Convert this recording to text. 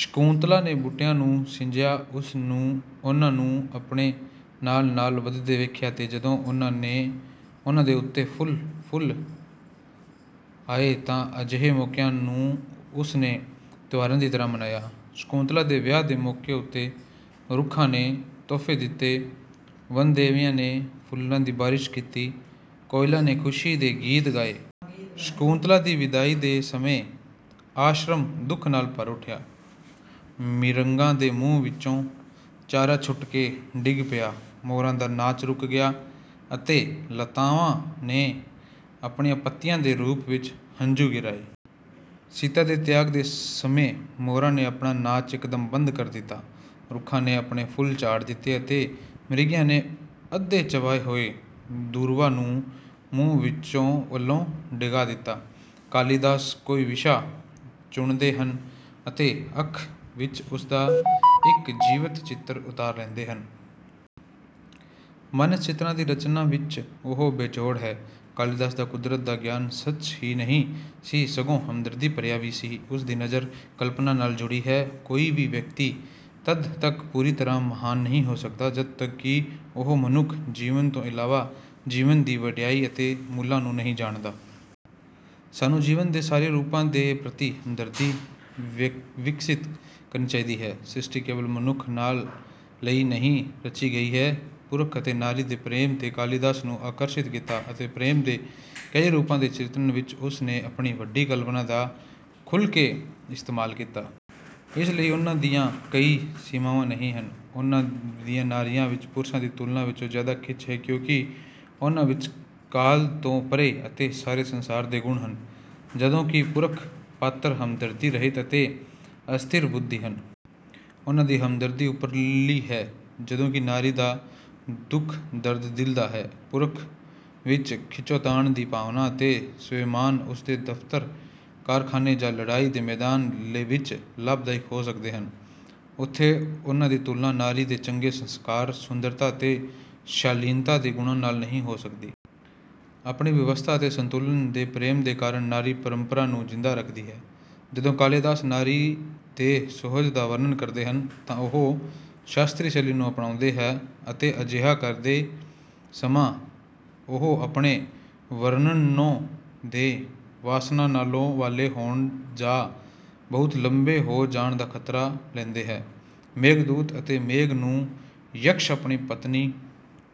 ਸ਼ਕੁੰਤਲਾ ਨੇ ਬੂਟਿਆਂ ਨੂੰ ਸਿੰਜਿਆ ਉਨ੍ਹਾਂ ਨੂੰ ਆਪਣੇ ਨਾਲ ਨਾਲ ਵਧਦੇ ਵੇਖਿਆ ਅਤੇ ਜਦੋਂ ਉਨ੍ਹਾਂ ਦੇ ਉੱਤੇ ਫਲ ਫੁਲ ਆਏ ਤਾਂ ਅਜਿਹੇ ਮੌਕਿਆਂ ਨੂੰ ਉਸਨੇ ਤਿਉਹਾਰਾਂ ਦੀ ਤਰ੍ਹਾਂ ਮਨਾਇਆ। ਸ਼ਕੁੰਤਲਾ ਦੇ ਵਿਆਹ ਦੇ ਮੌਕੇ ਉੱਤੇ ਰੁੱਖਾਂ ਨੇ ਤੋਹਫੇ ਦਿੱਤੇ ਵਨਦੇਵੀਆਂ ਨੇ ਫੁੱਲਾਂ ਦੀ ਬਾਰਿਸ਼ ਕੀਤੀ ਕੋਇਲਾਂ ਨੇ ਖੁਸ਼ੀ ਦੇ ਗੀਤ ਗਾਏ। ਸ਼ਕੁੰਤਲਾ ਦੀ ਵਿਦਾਈ ਦੇ ਸਮੇਂ ਆਸ਼ਰਮ ਦੁੱਖ ਨਾਲ ਭਰ ਉੱਠਿਆ। ਮਿਰਗਾਂ ਦੇ ਮੂੰਹ ਵਿੱਚੋਂ ਚਾਰਾ ਛੁੱਟ ਕੇ ਡਿੱਗ ਪਿਆ ਮੋਰਾਂ ਦਾ ਨਾਚ ਰੁਕ ਗਿਆ ਅਤੇ ਲਤਾਵਾਂ ਨੇ ਆਪਣੇ ਪੱਤਿਆਂ ਦੇ ਰੂਪ ਵਿੱਚ ਹੰਝੂ ਗਿਰਾਏ। ਸੀਤਾ ਦੇ ਤਿਆਗ ਦੇ ਸਮੇਂ ਮੋਰਾਂ ਨੇ ਆਪਣਾ ਨਾਚ ਇੱਕਦਮ ਬੰਦ ਕਰ ਦਿੱਤਾ ਰੁੱਖਾਂ ਨੇ ਆਪਣੇ ਫੁੱਲ ਝਾੜ ਦਿੱਤੇ ਅਤੇ ਮ੍ਰਿਗੀਆਂ ਨੇ ਅੱਧੇ ਚਬਾਏ ਹੋਏ ਦੂਰਵਾ ਨੂੰ ਮੂੰਹ ਵਲੋਂ ਡਿੱਗਾ ਦਿੱਤਾ। ਕਾਲੀਦਾਸ ਕੋਈ ਵਿਸ਼ਾ ਚੁਣਦੇ ਹਨ ਅਤੇ ਅੱਖ ਵਿੱਚ ਉਸਦਾ ਇੱਕ ਜੀਵਤ ਚਿੱਤਰ ਉਤਾਰ ਲੈਂਦੇ ਹਨ। ਮਾਨਸ ਚਿਤਰਾਂ ਦੀ ਰਚਨਾ ਵਿੱਚ ਉਹ ਬੇਜੋੜ ਹੈ। ਕਾਲੀਦਾਸ ਦਾ ਕੁਦਰਤ ਦਾ ਗਿਆਨ ਸੱਚ ਹੀ ਨਹੀਂ ਸੀ ਸਗੋਂ ਹਮਦਰਦੀ ਭਰਿਆ ਵੀ ਸੀ। ਉਸ ਦੀ ਨਜ਼ਰ ਕਲਪਨਾ ਨਾਲ ਜੁੜੀ ਹੈ। ਕੋਈ ਵੀ ਵਿਅਕਤੀ ਤੱਦ ਤੱਕ ਪੂਰੀ ਤਰ੍ਹਾਂ ਮਹਾਨ ਨਹੀਂ ਹੋ ਸਕਦਾ ਜਦੋਂ ਤੱਕ ਕਿ ਉਹ ਮਨੁੱਖ ਜੀਵਨ ਤੋਂ ਇਲਾਵਾ ਜੀਵਨ ਦੀ ਵਡਿਆਈ ਅਤੇ ਮੁੱਲਾਂ ਨੂੰ ਨਹੀਂ ਜਾਣਦਾ। ਸਾਨੂੰ ਜੀਵਨ ਦੇ ਸਾਰੇ ਰੂਪਾਂ ਦੇ ਪ੍ਰਤੀ ਹਮਦਰਦੀ ਵਿਕਸਿਤ ਕਰਨੀ ਚਾਹੀਦੀ ਹੈ। ਸ੍ਰਸ਼ਟਿ ਕੇਵਲ ਮਨੁੱਖ ਲਈ ਨਹੀਂ ਰਚੀ ਗਈ ਹੈ। ਪੁਰਖ ਅਤੇ ਨਾਰੀ ਦੇ ਪ੍ਰੇਮ ਨੇ ਕਾਲੀਦਾਸ ਨੂੰ ਆਕਰਸ਼ਿਤ ਕੀਤਾ ਅਤੇ ਪ੍ਰੇਮ ਦੇ ਕਈ ਰੂਪਾਂ ਦੇ ਚਿਤਰਣ ਵਿੱਚ ਉਨ੍ਹਾਂ ਨੇ ਆਪਣੀ ਵੱਡੀ ਕਲਪਨਾ ਦਾ ਖੁੱਲਕੇ ਇਸਤੇਮਾਲ ਕੀਤਾ ਹੈ। ਇਸ ਵਿੱਚ ਉਨ੍ਹਾਂ ਦੀਆਂ ਕੋਈ ਸੀਮਾਵਾਂ ਨਹੀਂ ਹਨ। ਉਨ੍ਹਾਂ ਦੀਆਂ ਨਾਰੀਆਂ ਵਿੱਚ ਪੁਰਸ਼ਾਂ ਦੀ ਤੁਲਨਾ ਵਿੱਚ ਜਿਆਦਾ ਖਿੱਚ ਹੈ ਕਿਉਂਕਿ ਉਨ੍ਹਾਂ ਵਿੱਚ ਕਾਲ ਤੋਂ ਪਰੇ ਅਤੇ ਸਾਰੇ ਸੰਸਾਰ ਦੇ ਗੁਣ ਹਨ ਜਦੋਂ ਕਿ ਪੁਰਖ ਪਾਤਰ ਹਮਦਰਦੀ ਰਹਿਤ ਅਤੇ ਅਸਥਿਰ ਬੁੱਧੀ ਹਨ। ਉਨ੍ਹਾਂ ਦੀ ਹਮਦਰਦੀ ਉੱਪਰਲੀ ਹੈ ਜਦੋਂ ਕਿ ਨਾਰੀ ਦਾ ਦੁੱਖ ਦਰਦ ਦਿਲ ਦਾ ਹੈ। ਪੁਰਖ ਵਿੱਚ ਖਿੱਚੋਤਾਣ ਦੀ ਭਾਵਨਾ ਅਤੇ ਸਵੈਮਾਨ ਉਸਦੇ ਦਫ਼ਤਰ ਕਾਰਖਾਨੇ ਜਾਂ ਲੜਾਈ ਦੇ ਮੈਦਾਨ ਵਿੱਚ ਲਾਭਦਾਇਕ ਹੋ ਸਕਦੇ ਹਨ ਉੱਤੇ ਉਨ੍ਹਾਂ ਦੀ ਤੁਲਨਾ ਨਾਰੀ ਦੇ ਚੰਗੇ ਸੰਸਕਾਰ ਸੁੰਦਰਤਾ ਅਤੇ ਸ਼ਾਲੀਨਤਾ ਦੇ ਗੁਣਾਂ ਨਾਲ ਨਹੀਂ ਹੋ ਸਕਦੀ। ਆਪਣੇ ਵਿਵਸਥਾ ਅਤੇ ਸੰਤੁਲਨ ਦੇ ਪ੍ਰੇਮ ਦੇ ਕਾਰਨ ਨਾਰੀ ਪਰੰਪਰਾ ਨੂੰ ਜਿੰਦਾ ਰੱਖਦੀ ਹੈ। ਜਦੋਂ ਕਾਲੀਦਾਸ ਨਾਰੀ ਦੇ ਸੁਹਜ ਦਾ ਵਰਣਨ ਕਰਦੇ ਹਨ ਤਾਂ ਉਹ ਸ਼ਾਸਤਰੀ ਸ਼ੈਲੀ ਨੂੰ ਅਪਣਾਉਂਦੇ ਹੈ ਅਤੇ ਅਜਿਹਾ ਕਰਦੇ ਸਮਾਂ ਉਹ ਆਪਣੇ ਵਰਣਨੋਂ ਦੇ ਵਾਸਨਾ ਵਾਲੇ ਹੋਣ ਜਾਂ ਬਹੁਤ ਲੰਬੇ ਹੋ ਜਾਣ ਦਾ ਖ਼ਤਰਾ ਲੈਂਦੇ ਹੈ। ਮੇਘਦੂਤ ਵਿੱਚ ਮੇਘ ਨੂੰ ਯਕਸ਼ ਆਪਣੀ ਪਤਨੀ